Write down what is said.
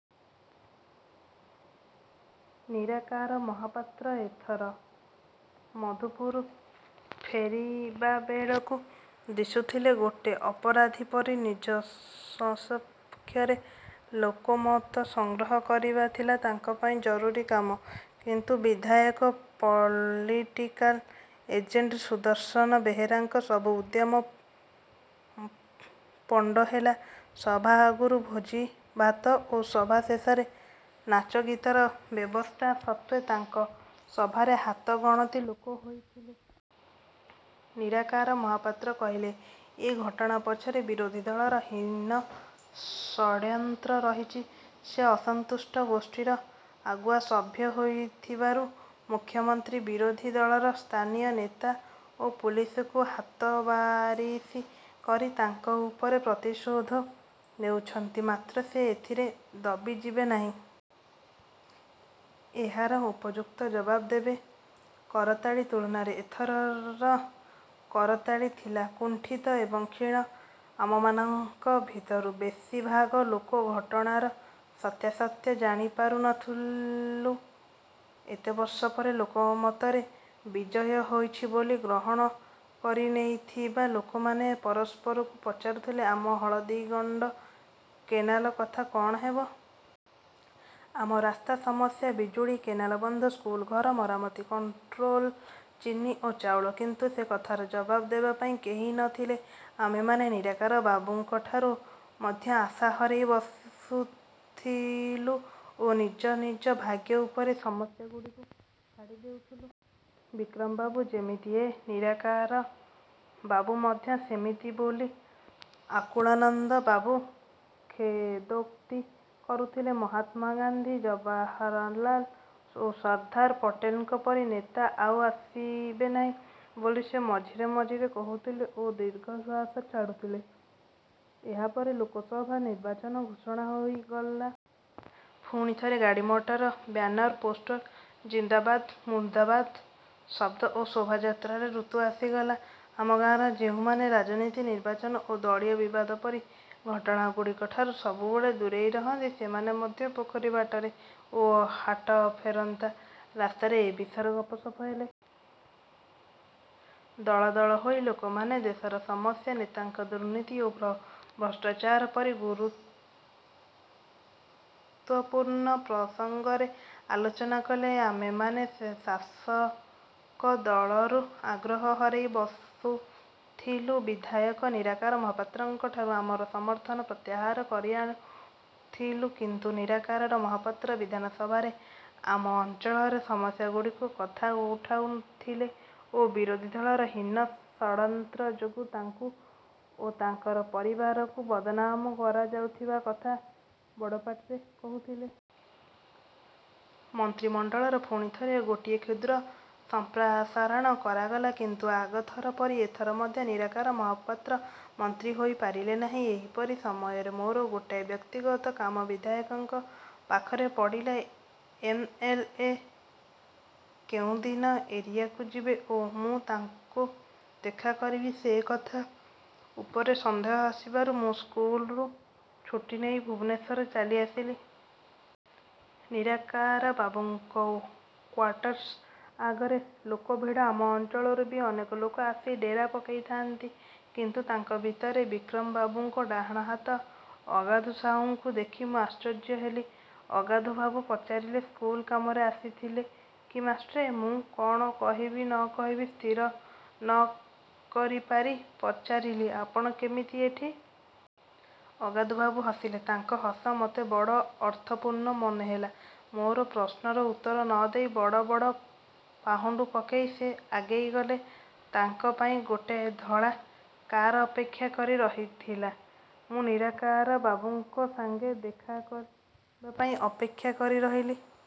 ନିରାକାର ମହାପାତ୍ର ଏଥର ମଧୁପୁର ଫେରିବାବେଳକୁ ଦିଶୁଥିଲେ ଗୋଟେ ଅପରାଧୀ ପରି। ନିଜ ସପକ୍ଷରେ ଲୋକମତ ସଂଗ୍ରହ କରିବା ଥିଲା ତାଙ୍କ ପାଇଁ ଜରୁରୀ କାମ। କିନ୍ତୁ ବିଧାୟକ ଓ ପଲିଟିକାଲ୍ ଏଜେଣ୍ଟ୍ ସୁଦର୍ଶନ ବେହେରାଙ୍କ ସବୁ ଉଦ୍ୟମ ପଣ୍ଡ ହେଲା। ସଭା ଆଗରୁ ଭୋଜିଭାତ ଓ ସଭା ଶେଷରେ ନାଚଗୀତର ବ୍ୟବସ୍ଥା ସତ୍ତ୍ୱେ ତାଙ୍କ ସଭାରେ ହାତଗଣତି ଲୋକ ହୋଇଥିଲେ। ନିରାକାର ମହାପାତ୍ର କହିଲେ, "ଏ ଘଟଣା ପଛରେ ବିରୋଧୀ ଦଳର ହୀନ ଷଡ୍ଯନ୍ତ୍ର ରହିଛି। ସେ ଅସନ୍ତୁଷ୍ଟ ଗୋଷ୍ଠୀର ଆଗୁଆ ସଭ୍ୟ ହୋଇଥିବାରୁ ମୁଖ୍ୟମନ୍ତ୍ରୀ ବିରୋଧୀ ଦଳର ସ୍ଥାନୀୟ ନେତା ଓ ପୁଲିସକୁ ହାତବାରିସି କରି ତାଙ୍କ ଉପରେ ପ୍ରତିଶୋଧ ନେଉଛନ୍ତି।" ମାତ୍ର ସେ ଏଥିରେ ଦବିଯିବେ ନାହିଁ। ଏହାର ଉପଯୁକ୍ତ ଜବାବ ଦେବେ। ତାଙ୍କ ଭାଷଣ ଶେଷରେ କରତାଳି ହେଲା। କିନ୍ତୁ ଆଗ ସଭାମାନଙ୍କର କରତାଳି ତୁଳନାରେ ଏଥରର କରତାଳି ଥିଲା କୁଣ୍ଠିତ ଏବଂ କ୍ଷୀଣ। ଆମମାନଙ୍କ ଭିତରୁ ବେଶୀଭାଗ ଲୋକ ଘଟଣାର ସତ୍ୟାସତ୍ୟ ଜାଣିପାରୁନଥିଲୁ। ଏତେବର୍ଷ ପରେ ଲୋକମତର ବିଜୟ ହୋଇଛି ବୋଲି ଗ୍ରହଣ କରିନେଇଥିବା ଲୋକମାନେ ପରସ୍ପରକୁ ପଚାରୁଥିଲେ, ଆମ ହଳଦୀଗଣ୍ଡ କେନାଲ କଥା କଣ ହେବ? ଆମ ରାସ୍ତା ସମସ୍ୟା? ବିଜୁଳି? କେନାଲ ବନ୍ଧ? ସ୍କୁଲ ଘର ମରାମତି? କଣ୍ଟ୍ରୋଲ ଚିନି ଓ ଚାଉଳ? କିନ୍ତୁ ସେ କଥାର ଜବାବ ଦେବା ପାଇଁ କେହି ନ ଥିଲେ। ଆମେମାନେ ନିରାକାର ବାବୁଙ୍କ ଠାରୁ ମଧ୍ୟ ଆଶା ହରେଇ ବସୁଥିଲୁ ଓ ନିଜ ନିଜ ଭାଗ୍ୟ ଉପରେ ସମସ୍ୟାଗୁଡ଼ିକୁ ଛାଡ଼ିଦେଉଥିଲୁ। ବିକ୍ରମବାବୁ ଯେମିତି, ଏ ନିରାକାର ବାବୁ ମଧ୍ୟ ସେମିତି ବୋଲି ଆକୁଳାନନ୍ଦ ବାବୁ ଖେଦୋକ୍ତି କରୁଥିଲେ। ମହାତ୍ମାଗାନ୍ଧୀ, ଜବାହରଲାଲ ଓ ସର୍ଦ୍ଦାର ପଟେଲଙ୍କ ପରି ନେତା ଆଉ ଆସିବେ ନାହିଁ ବୋଲି ସେ ମଝିରେ ମଝିରେ କହୁଥିଲେ ଓ ଦୀର୍ଘଶ୍ୱାସ ଛାଡ଼ୁଥିଲେ। ଏହାପରେ ଲୋକସଭା ନିର୍ବାଚନ ଘୋଷଣା ହୋଇଗଲା। ପୁଣିଥରେ ଗାଡ଼ି ମଟର, ବ୍ୟାନର, ପୋଷ୍ଟର ଜିନ୍ଦାବାଦ, ମୁର୍ଦ୍ଦାବାଦ ଶବ୍ଦ ଓ ଶୋଭଯାତ୍ରାର ଋତୁ ଆସିଗଲା। ଆମ ଗାଁର ଯେଉଁମାନେ ରାଜନୀତି, ନିର୍ବାଚନ ଓ ଦଳୀୟ ବିବାଦ ପରି ଘଟଣା ଗୁଡ଼ିକଠାରୁ ସବୁବେଳେ ଦୂରେଇ ରହନ୍ତି ସେମାନେ ମଧ୍ୟ ପୋଖରୀ ବାଟରେ ଓ ହାଟଫେରନ୍ତା ରାସ୍ତାରେ ଏ ବିଷୟରେ ଗପସପ ହେଲେ। ଦଳଦଳ ହୋଇ ଲୋକମାନେ ଦେଶର ସମସ୍ୟା, ନେତାଙ୍କ ଦୁର୍ନୀତି ଓ ଭ୍ରଷ୍ଟାଚାର ପରି ଗୁରୁତ୍ୱପୂର୍ଣ୍ଣ ପ୍ରସଂଗରେ ଆଲୋଚନା କଲେ। ଆମେମାନେ ଶାସକ ଦଳରୁ ଆଗ୍ରହ ହରେଇ ବସୁଥିଲୁ। ବିଧାୟକ ନିରାକାର ମହାପାତ୍ରଙ୍କ ଠାରୁ ଆମର ସମର୍ଥନ ପ୍ରତ୍ୟାହାର କରି ଆଣୁଥିଲୁ। କିନ୍ତୁ ନିରାକାର ମହାପାତ୍ର ବିଧାନସଭାରେ ଆମ ଅଞ୍ଚଳର ସମସ୍ୟାଗୁଡ଼ିକ କଥା ଉଠଉଥିଲେ ଓ ବିରୋଧୀ ଦଳର ହୀନ ଷଡ୍ଯନ୍ତ୍ର ଯୋଗୁଁ ତାଙ୍କୁ ଓ ତାଙ୍କର ପରିବାରକୁ ବଦନାମ କରାଯାଉଥିବା କଥା ବଡ଼ପାଟିରେ କହୁଥିଲେ। ମନ୍ତ୍ରୀମଣ୍ଡଳର ପୁଣିଥରେ ଗୋଟିଏ କ୍ଷୁଦ୍ର ସଂପ୍ରସାରଣ କରାଗଲା। କିନ୍ତୁ ଆଗଥର ପରି ଏଥର ମଧ୍ୟ ନିରାକାର ମହାପାତ୍ର ମନ୍ତ୍ରୀ ହୋଇପାରିଲେ ନାହିଁ। ଏହିପରି ସମୟରେ ମୋର ଗୋଟାଏ ବ୍ୟକ୍ତିଗତ କାମ ବିଧାୟକଙ୍କ ପାଖରେ ପଡ଼ିଲା। ଏମ ଏଲ ଏ କେଉଁଦିନ ଏରିଆକୁ ଯିବେ ଓ ମୁଁ ତାଙ୍କୁ ଦେଖା କରିବି ସେ କଥା ଉପରେ ସନ୍ଦେହ ଆସିବାରୁ ମୁଁ ସ୍କୁଲରୁ ଛୁଟି ନେଇ ଭୁବନେଶ୍ୱର ଚାଲିଆସିଲି। ନିରାକାର ବାବୁଙ୍କ କ୍ୱାର୍ଟର୍ସ ଆଗରେ ଲୋକଭିଡ଼। ଆମ ଅଞ୍ଚଳରୁ ବି ଅନେକ ଲୋକ ଆସି ଡେରା ପକେଇଥାଆନ୍ତି। କିନ୍ତୁ ତାଙ୍କ ଭିତରେ ବିକ୍ରମବାବୁଙ୍କ ଡାହାଣ ହାତ ଅଗାଧୁ ସାହୁଙ୍କୁ ଦେଖି ମୁଁ ଆଶ୍ଚର୍ଯ୍ୟ ହେଲି। ଅଗାଧୁବାବୁ ପଚାରିଲେ, "ସ୍କୁଲ କାମରେ ଆସିଥିଲେ କି ମାଷ୍ଟ୍ରେ?" ମୁଁ କଣ କହିବି ନ କହିବି ସ୍ଥିର ନ କରିପାରି ପଚାରିଲି, "ଆପଣ କେମିତି ଏଠି?" ଅଗାଧୁବାବୁ ହସିଲେ। ତାଙ୍କ ହସ ମୋତେ ବଡ଼ ଅର୍ଥପୂର୍ଣ୍ଣ ମନେହେଲା। ମୋ ପ୍ରଶ୍ନର ଉତ୍ତର ନ ଦେଇ ବଡ଼ ବଡ଼ ପାହୁଣ୍ଡ ପକେଇ ସେ ଆଗେଇଗଲେ। ତାଙ୍କ ପାଇଁ ଗୋଟିଏ ଧଳା କାର୍ ଅପେକ୍ଷା କରି ରହିଥିଲା। ମୁଁ ନିରାକାର ବାବୁଙ୍କ ସାଂଗେ ଦେଖା କରିବା ପାଇଁ ଅପେକ୍ଷା କରି ରହିଲି।